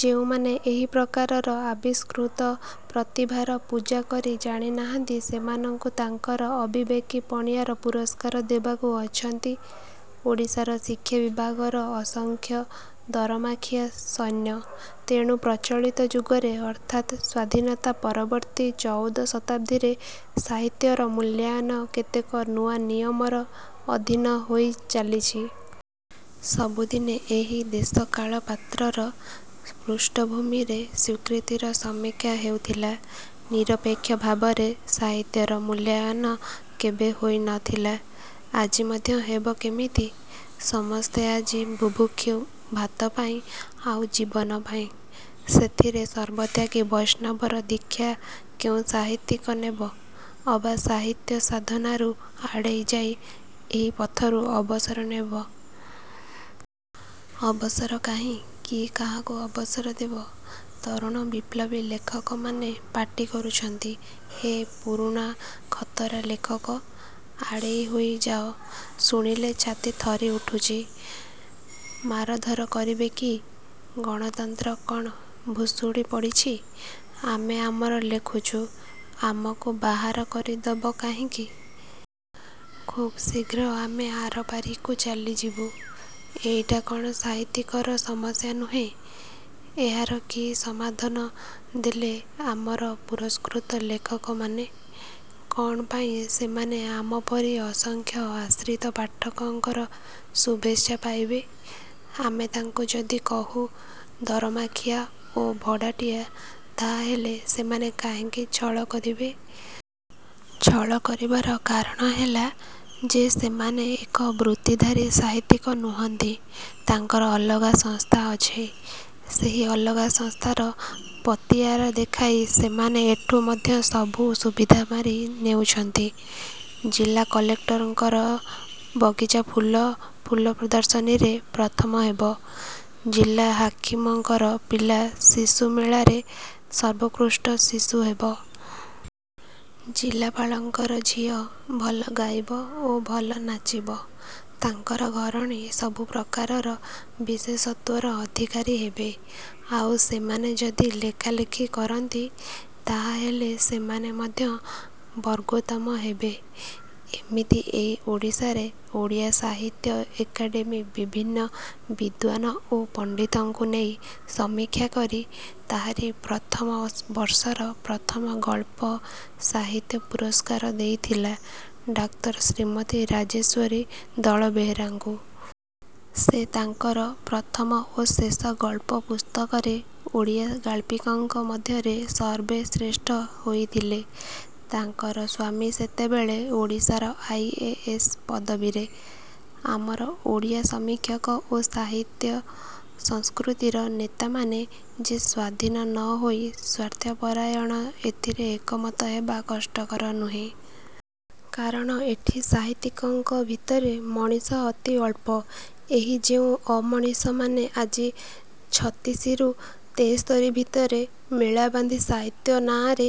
ଯେଉଁମାନେ ଏହି ପ୍ରକାରର ଆବିଷ୍କୃତ ପ୍ରତିଭାର ପୂଜା କରି ଜାଣି ନାହାନ୍ତି ସେମାନଙ୍କୁ ତାଙ୍କର ଅବିବେକୀ-ପଣିଆର ପୁରସ୍କାର ଦେବାକୁ ଅଛନ୍ତି ଓଡ଼ିଶାର ଶିକ୍ଷା ବିଭାଗର ଅସଂଖ୍ୟ ଦରମାଖିଆ ସୈନ୍ୟ। ତେଣୁ ପ୍ରଚଳିତ ଯୁଗରେ ଅର୍ଥାତ୍ ସ୍ୱାଧୀନତା ପରବର୍ତ୍ତୀ ଚଉଠ ଶତାଦ୍ଦୀରେ ସାହିତ୍ୟର ମୂଲ୍ୟାୟନ କେତେକ ନୂଆ ନିୟମର ଅଧିନ ହୋଇ ଚାଲିଛି। ସବୁଦିନେ ଏହି ଦେଶକାଳପାତ୍ରର ପୃଷ୍ଠଭୂମିରେ ସ୍ୱୀକୃତିର ସମୀକ୍ଷା ହେଉଥିଲା। ନିରପେକ୍ଷ ଭାବରେ ସାହିତ୍ୟର ମୂଲ୍ୟାୟନ କେବେ ହୋଇ ନ ଥିଲା। ଆଜି ମଧ୍ୟ ହେବ କେମିତି? ସମସ୍ତେ ଆଜି ବୁଭୁକ୍ଷୁ-ଭାତପାଇଁ ଆଉ ଜୀବନପାଇଁ। ସେଥିରେ ସର୍ବତ୍ୟାଗୀ ବୈଷ୍ଣବର ଦୀକ୍ଷା କେଉଁ ସାହିତ୍ୟିକ ନେବ? ଅବା ସାହିତ୍ୟ ସାଧନାରୁ ଆଡ଼େଇ ଯାଇ ଏହି ପଥରୁ ଅବସର ନେବ? ଅବସର କାହିଁ? କିଏ କାହାକୁ ଅବସର ଦେବ? ତରୁଣ ବିପ୍ଳବୀ ଲେଖକମାନେ ପାଟି କରୁଛନ୍ତି-ହେ, ପୁରୁଣା ଖତରା ଲେଖକ! ଆଡ଼େଇ ହୋଇ ଯାଅ। ଶୁଣିଲେ ଛାତି ଥରି ଉଠୁଛି। ମାରଧର କରିବେ କି? ଗଣତନ୍ତ୍ର କ'ଣ ଭୁଷୁଡ଼ି ପଡ଼ିଛି? ଆମେ ଆମର ଲେଖୁଛୁ। ଆମକୁ ବାହାର କରିଦବ କାହିଁକି? ଖୁବ୍ ଶୀଘ୍ର ଆମେ ଆରପାରିକୁ ଚାଲିଯିବୁ। ଏଇଟା କ'ଣ ସାହିତ୍ୟିକର ସମସ୍ୟା ନୁହେଁ? ଏହାର କି ସମାଧନ ଦେଲେ ଆମର ପୁରସ୍କୃତ ଲେଖକମାନେ? କ'ଣ ପାଇଁ ସେମାନେ ଆମପରି ଅସଂଖ୍ୟ ଆଶ୍ରିତ ପାଠକଙ୍କର ଶୁଭେଚ୍ଛା ପାଇବେ? ଆମେ ତାଙ୍କୁ ଯଦି କହୁ ଦରମାଖିଆ ଓ ଭଡ଼ାଟିଆ-ତାହା ହେଲେ ସେମାନେ କାହିଁକି ଛଳ କରିବେ? ଛଳ କରିବାର କାରଣ ହେଲା ଯେ ସେମାନେ ଏକ-ବୃତ୍ତିଧାରୀ ସାହିତ୍ୟିକ ନୁହନ୍ତି। ତାଙ୍କର ଅଲଗା ସଂସ୍ଥା ଅଛି। ସେହି ଅଲଗା ସଂସ୍ଥାର ପତିଆରା ଦେଖାଇ ସେମାନେ ଏଠୁ ମଧ୍ୟ ସବୁ ସୁବିଧା ମାରି। ନେଉଛନ୍ତି। ଜିଲା କଲେକ୍ଟରଙ୍କର ବଗିଚାଫୁଲ ଫୁଲପ୍ରଦର୍ଶନୀରେ ପ୍ରଥମ ହେବ। ଜିଲା ହାକିମଙ୍କର ପିଲା ଶିଶୁମେଳାରେ ସର୍ବୋତ୍କୃଷ୍ଟ ଶିଶୁ ହେବ। ଜିଲାପାଳଙ୍କର ଝିଅ ଭଲ ଗାଇବ ଓ ଭଲ ନାଚିବ। ତାଙ୍କର ଘରଣୀ ସବୁ ପ୍ରକାରର ବିଶେଷତ୍ୱର ଅଧିକାରୀ ହେବେ। ଆଉ ସେମାନେ ଯଦି ଲେଖାଲେଖି କରନ୍ତି ତାହାହେଲେ ସେମାନେ ମଧ୍ୟ ବର୍ଗୋତ୍ତମ ହେବେ। ଏମିତି ଏଇ ଓଡ଼ିଶାରେ ଓଡ଼ିଆ ସାହିତ୍ୟ ଏକାଡେମି ବିଭିନ୍ନ ବିଦ୍ୱାନ ଓ ପଣ୍ତିତଙ୍କୁ ନେଇ ସମୀକ୍ଷା କରି ତାହାରି ପ୍ରଥମ ବର୍ଷର ପ୍ରଥମ ଗଳ୍ପ ସାହିତ୍ୟ ପୁରସ୍କାର ଦେଇଥିଲା ଡାକ୍ତର ଶ୍ରୀମତୀ ରାଜେଶ୍ୱରୀ ଦଳବେହେରାଙ୍କୁ। ସେ ତାଙ୍କର ପ୍ରଥମ ଓ ଶେଷ ଗଳ୍ପ ପୁସ୍ତକରେ ଓଡ଼ିଆ ଗାଳ୍ପିକଙ୍କ ମଧ୍ୟରେ ସର୍ବେଶ୍ରେଷ୍ଠ ହୋଇଥିଲେ। ତାଙ୍କର ସ୍ୱାମୀ ସେତେବେଳେ ଓଡ଼ିଶାର ଆଇ. ଏ. ଏସ୍. ପଦବୀରେ। ଆମର ଓଡ଼ିଆ ସମୀକ୍ଷକ ଓ ସାହିତ୍ୟ ସଂସ୍କୃତିର ନେତାମାନେ ଯେ ସ୍ୱାଧୀନ ନ ହୋଇ ସ୍ୱାର୍ଥପରାୟଣ ଏଥିରେ ଏକମତ ହେବା କଷ୍ଟକର ନୁହେଁ। କାରଣ ଏଠି ସାହିତ୍ୟିକଙ୍କ ଭିତରେ ମଣିଷ ଅତି ଅଳ୍ପ। ଏହି ଯେଉଁ ଅମଣିଷମାନେ ଆଜି ଛତିଶିରୁ ତେସ୍ତରୀ ଭିତରେ ମେଳାବାନ୍ଧି ସାହିତ୍ୟ ନାଆଁରେ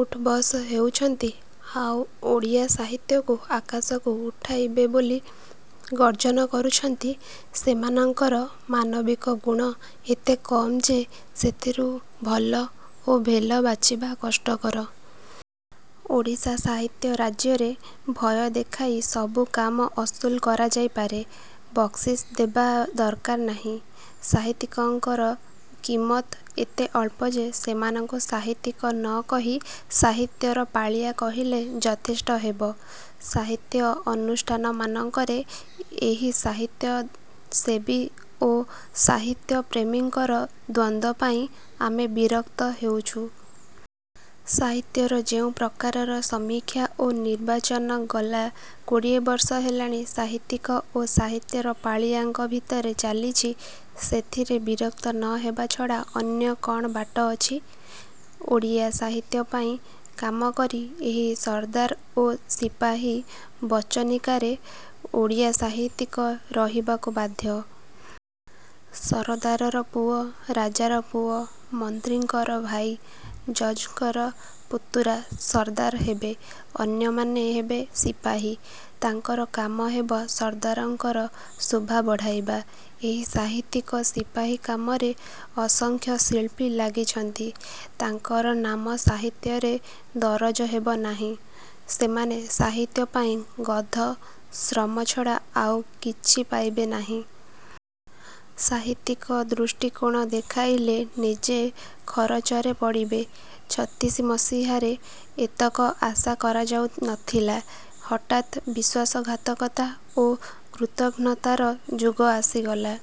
ଉଠବସ ହେଉଛନ୍ତି ଆଉ ଓଡ଼ିଆ ସାହିତ୍ୟକୁ ଆକାଶକୁ ଉଠାଇବେ ବୋଲି ଗର୍ଜନ କରୁଛନ୍ତି ସେମାନଙ୍କର ମାନବିକ ଗୁଣ ଏତେ କମ୍ ଯେ ସେଥିରୁ ଭଲ ଓ ଭେଲ ବାଛିବା କଷ୍ଟକର। ଓଡ଼ିଶା ସାହିତ୍ୟ ରାଜ୍ୟରେ ଭୟ ଦେଖାଇ ସବୁ କାମ ଅସୁଲ କରାଯାଇପାରେ। ବକ୍ସିସ୍ ଦେବା ଦରକାର ନାହିଁ। ସାହିତ୍ୟିକଙ୍କର କିମତ୍ ଏତେ ଅଳ୍ପ ଯେ ସେମାନଙ୍କୁ ସାହିତ୍ୟିକ ନ କହି ସାହିତ୍ୟର ପାଳିଆ କହିଲେ ଯଥେଷ୍ଟ ହେବ। ସାହିତ୍ୟ ଅନୁଷ୍ଠାନମାନଙ୍କରେ ଏହି ସାହିତ୍ୟସେବୀ ଓ ସାହିତ୍ୟ ପ୍ରେମୀଙ୍କର ଦ୍ୱନ୍ଦ୍ୱ ପାଇଁ ଆମେ ବିରକ୍ତ ହେଉଛୁ। ସାହିତ୍ୟର ଯେଉଁ ପ୍ରକାରର ସମୀକ୍ଷା ଓ ନିର୍ବାଚନ ଗଲା କୋଡ଼ିଏବର୍ଷ ହେଲାଣି ସାହିତ୍ୟିକ ଓ ସାହିତ୍ୟର ପାଳିଆଙ୍କ ଭିତରେ ଚାଲିଛି ସେଥିରେ ବିରକ୍ତ ନ ହେବା ଛଡ଼ା ଅନ୍ୟ କ'ଣ ବାଟ ଅଛି? ଓଡ଼ିଆ ସାହିତ୍ୟ ପାଇଁ କାମ କରି ଏହି ସରଦାର ଓ ସିପାହୀ ବଚନିକାରେ ଓଡ଼ିଆ ସାହିତ୍ୟିକ ରହିବାକୁ ବାଧ୍ୟ। ସରଦାରର ପୁଅ, ରାଜାର ପୁଅ, ମନ୍ତ୍ରୀଙ୍କର ଭାଇ, ଜଜ୍ଙ୍କର ପୁତୁରା ସରଦାର ହେବେ। ଅନ୍ୟମାନେ ହେବେ ସିପାହୀ। -ତାଙ୍କର କାମ ହେବ ସରଦାରଙ୍କର ଶୋଭା ବଢ଼ାଇବା। ଏହି ସାହିତ୍ୟିକ ସିପାହୀ କାମରେ ଅସଂଖ୍ୟ ଶିଳ୍ପୀ ଲାଗିଛନ୍ତି। ତାଙ୍କର ନାମ ସାହିତ୍ୟରେ ଦରଜ ହେବ ନାହିଁ। ସେମାନେ ସାହିତ୍ୟ ପାଇଁ ଗଧ-ଶ୍ରମ ଛଡ଼ା ଆଉ କିଛି ପାଇବେ ନାହିଁ। ସାହିତ୍ୟିକ ଦୃଷ୍ଟି-କୋଣ ଦେଖାଇଲେ ନିଜେ ଖରଚରେ ପଡ଼ିବେ। ଛତିଶି ମସିହାରେ ଏତକ ଆଶା କରାଯାଉ ନଥିଲା। ହଠାତ୍ ବିଶ୍ୱାସଘାତକତା ଓ କୃତଘ୍ନତାର ଯୁଗ ଆସିଗଲା।